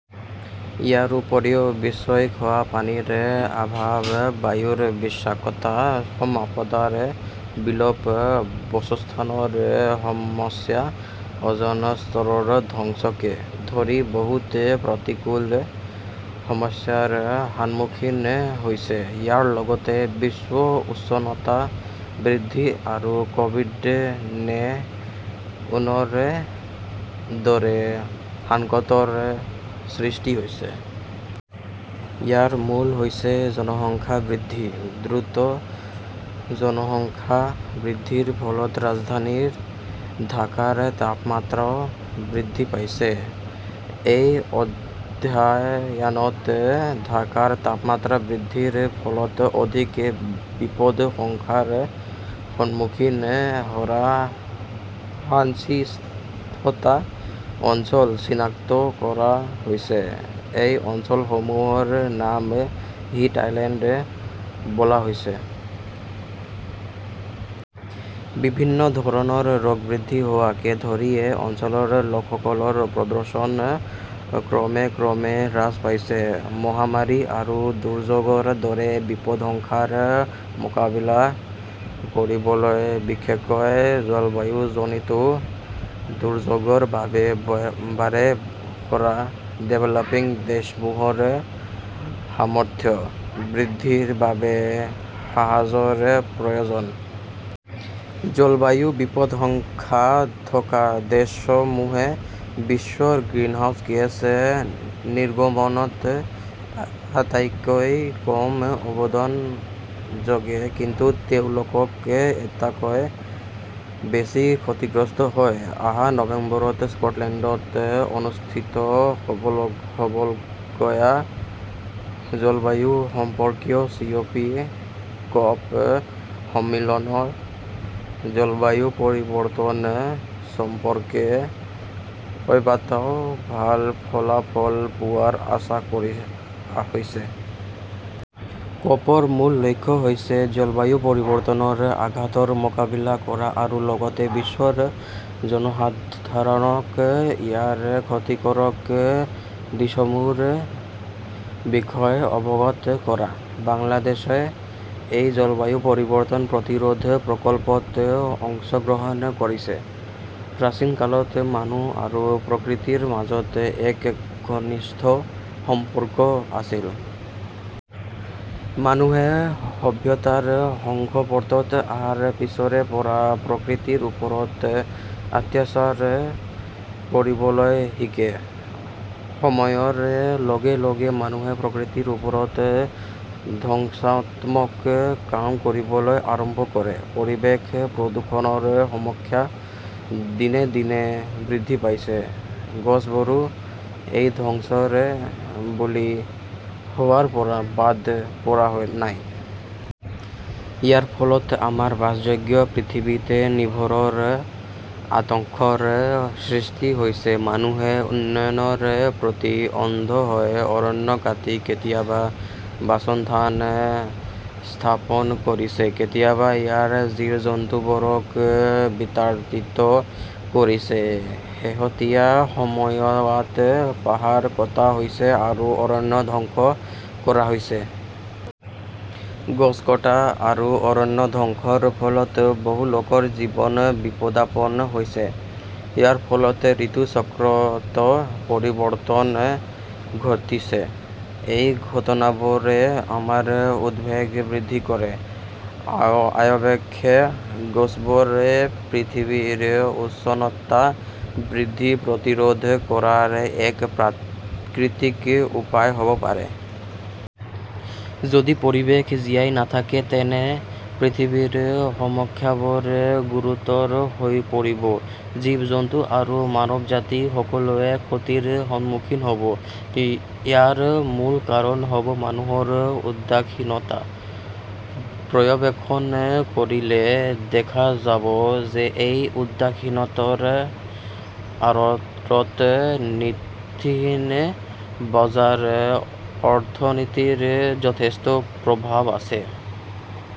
ইয়াৰ উপৰিও বিশ্বই খোৱা পানীৰ অভাৱ, বায়ুৰ বিষাক্ততা, সম্পদৰ বিলোপ, বাসস্থানৰ সমস্যা, অ'জন স্তৰৰ ধ্বংসকে ধৰি বহুতো প্ৰতিকূল সমস্যাৰ সন্মুখীন হৈছে। ইয়াৰ লগতে বিশ্ব উষ্ণতা বৃদ্ধি আৰু ক'ভিড-নৈ ঊনৰ দৰে সংকটৰ সৃষ্টি হৈছে। ইয়াৰ মূল হৈছে জনসংখ্যা বৃদ্ধি। দ্ৰুত জনসংখ্যা বৃদ্ধিৰ ফলত ৰাজধানী ঢাকাৰ তাপমাত্ৰাও বৃদ্ধি পাইছে। এক অধ্যয়নত ঢাকাৰ তাপমাত্ৰা বৃদ্ধিৰ ফলত অধিক বিপদাশংকাৰ সন্মুখীন হোৱা পঁচিশটা অঞ্চল চিনাক্ত কৰা হৈছে। এই অঞ্চলসমূহৰ নাম 'হিট আইলেণ্ড' ৰখা হৈছে। বিভিন্ন ধৰণৰ ৰোগ বৃদ্ধি হোৱাকে ধৰি এই অঞ্চলৰ লোকসকলৰ প্ৰদৰ্শন ক্ৰমান্বয়ে হ্ৰাস পাইছে। মহামাৰী আৰু দুৰ্যোগৰ দ্বৈত বিপদাশংকাৰ মোকাবিলা কৰিবলৈ, বিশেষকৈ জলবায়ুজনিত দুৰ্যোগৰ বাৰে বাৰে হোৱা চিভিএফ দেশসমূহৰ সামৰ্থ্য বৃদ্ধিৰ বাবে সহায়ৰ প্ৰয়োজন। জলবায়ু বিপদাশংকা থকা দেশসমূহে বিশ্বৰ গ্ৰিনহাউজ গেছ নিৰ্গমনত আটাইতকৈ কম অৰিহণা যোগায়, কিন্তু তেওঁলোক আটাইতকৈ বেছি ক্ষতিগ্ৰস্ত হয়। অহা নৱেম্বৰত স্কটলেণ্ডত অনুষ্ঠিত হ'বলগীয়া জলবায়ু সম্পৰ্কীয় ক'প সন্মিলনত, জলবায়ু পৰিৱৰ্তন সম্পৰ্কে কেইবাটাও ভাল ফলাফল পোৱাৰ আশা কৰা হৈছে। ক'পৰ মূল লক্ষ্য হৈছে, জলবায়ু পৰিৱৰ্তনৰ আঘাতৰ মোকাবিলা কৰা আৰু লগতে বিশ্বৰ জনসাধাৰণক ইয়াৰ ক্ষতিকাৰক দিশসমূহৰ বিষয়ে অৱগত কৰা। বাংলাদেশেও এই জলবায়ু পৰিৱৰ্তন প্ৰতিৰোধ প্ৰকল্পত অংশগ্ৰহণ কৰিছে। প্ৰাচীন কালত মানুহ আৰু প্ৰকৃতিৰ মাজত এক ঘনিষ্ঠ সম্পৰ্ক আছিল। মানুহে সভ্যতাৰ সংস্পৰ্শলৈ অহাৰ পিছৰে পৰা প্ৰকৃতিৰ ওপৰত আঘাত কৰিবলৈ শিকে। সময়ৰ লগে লগে মানুহে প্ৰকৃতিৰ ওপৰত ধ্বংসাত্মক কাম কৰিবলৈ আৰম্ভ কৰে। পৰিৱেশ প্ৰদূষণৰ সমস্যা দিনে দিনে বৃদ্ধি পাইছে। গছবোৰো এই ধ্বংসৰ বলি হোৱাৰ পৰা বাদ পৰা নাছিল। ইয়াৰ ফলত আমাৰ বাসযোগ্য পৃথিৱীত নিৰন্তৰ আতংকৰ সৃষ্টি হৈছে। মানুহে উন্নয়নৰ প্ৰতি অন্ধ হৈ অৰণ্য কাটি কেতিয়াবা বাসস্থান স্থাপন কৰিছে, কেতিয়াবা ইয়াৰ জীৱ-জন্তুবোৰক বিতাড়িত কৰিছে। শেহতীয়া সময়ছোৱাত পাহাৰ কটা হৈছে আৰু অৰণ্য ধ্বংস কৰা হৈছে। গছ কটা আৰু অৰণ্য ধ্বংসৰ ফলত বহু লোকৰ জীৱন বিপদাপন্ন হৈছে। ইয়াৰ ফলত ঋতুচক্ৰতো পৰিৱৰ্তন ঘটিছে। এই ঘটনাবোৰে আমাৰ উদ্বেগ বৃদ্ধি কৰে। অৱশ্যে, গছবোৰ পৃথিৱীৰ উষ্ণতা বৃদ্ধি প্ৰতিৰোধ কৰাৰ এক প্ৰাকৃতিক উপায় হ'ব পাৰে। যদি পৰিৱেশ জীয়াই নাথাকে, তেন্তে পৃথিৱীৰ সমস্যাবোৰ গুৰুতৰ হৈ পৰিব। জীৱ-জন্তু আৰু মানৱজাতি সকলো ক্ষতিৰ সন্মুখীন হ'ব। ইয়াৰ মূল কাৰণ হ'ব মানুহৰ উদাসীনতা। পৰ্যবেক্ষণ কৰিলে দেখা যাব যে এই উদাসীনতাৰ আঁৰত নীতিহীন বজাৰ অৰ্থনীতিৰ যথেষ্ট প্ৰভাৱ আছে।